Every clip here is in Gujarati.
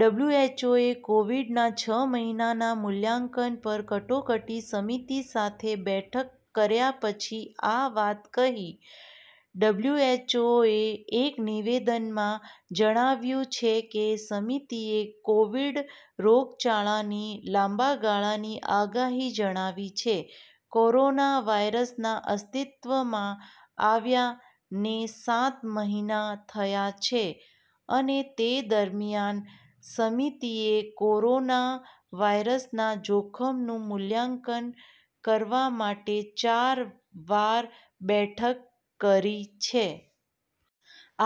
ડબ્લ્યુએચઓએ કોવિડ ના છ મહિનાના મૂલ્યાંકન પર કટોકટી સમિતિ સાથે બેઠક કર્યા પછી આ વાત કહી. ડબ્લ્યુએચઓએ એક નિવેદનમાં જણાવ્યું છે કે સમિતિએ કોવિડ રોગચાળાની લાંબા ગાળાની આગાહી જણાવી છે. કોરોના વાયરસના અસ્તિત્વમાં આવ્યાને સાત મહિના થયા છે અને તે દરમિયાન સમિતિએ કોરોના વાયરસના જોખમનું મૂલ્યાંકન કરવા માટે ચાર વાર બેઠક કરી છે.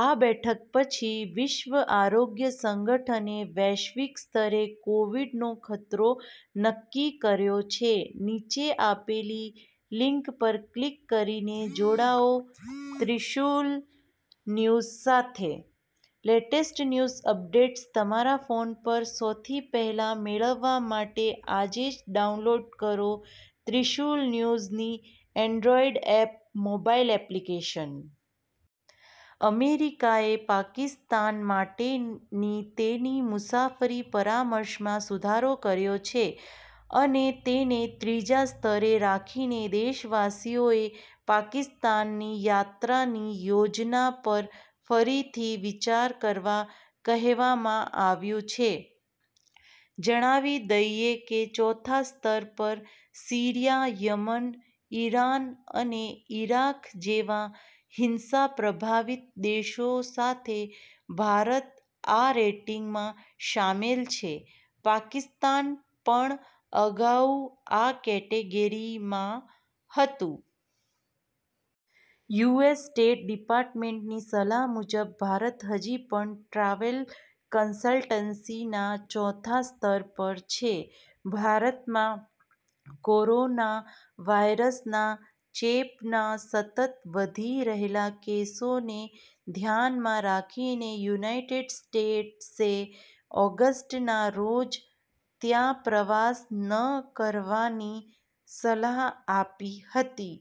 આ બેઠક પછી, વિશ્વ આરોગ્ય સંગઠને વૈશ્વિક સ્તરે કોવિડ નો ખતરો નક્કી કર્યો છે. નીચે આપેલી લીંક પર ક્લિક કરીને જોડાઓ ત્રિશુલ ન્યૂઝ સાથે. લેટેસ્ટ ન્યૂઝ અપડેટ્સ તમારા ફોન પર સૌથી પહેલા મેળવવા માટે આજે જ ડાઉનલોડ કરો ત્રિશુલ ન્યુઝની એન્ડ્રોઇડ એપ મોબાઇલ એપ્લિકેશન. અમેરિકાએ પાકિસ્તાન માટેની તેની મુસાફરી પરામર્શમાં સુધારો કર્યો છે અને તેને ત્રીજા સ્તરે રાખીને દેશવાસીઓને પાકિસ્તાનની 'યાત્રાની યોજના પર ફરીથી વિચાર કરવા' કહેવામાં આવ્યું છે. જણાવી દઈએ કે ચોથા સ્તર પર સીરિયા, યમન, ઈરાન અને ઇરાક જેવા હિંસા પ્રભાવિત દેશો સાથે ભારત આ રેટિંગમાં શામેલ છે, પાકિસ્તાન પણ અગાઉ આ કેટેગરીમાં હતું. યુએસ સ્ટેટ ડિપાર્ટમેન્ટની સલાહ મુજબ, ભારત હજી પણ ટ્રાવેલ કન્સલ્ટન્સીના ચોથા સ્તર પર છે. ભારતમાં કોરોના વાયરસના ચેપના સતત વધી રહેલા કેસોને ધ્યાનમાં રાખીને યુનાઇટેડ સ્ટેટ્સે ઓગસ્ટના રોજ ત્યાં પ્રવાસ ન કરવાની સલાહ આપી હતી.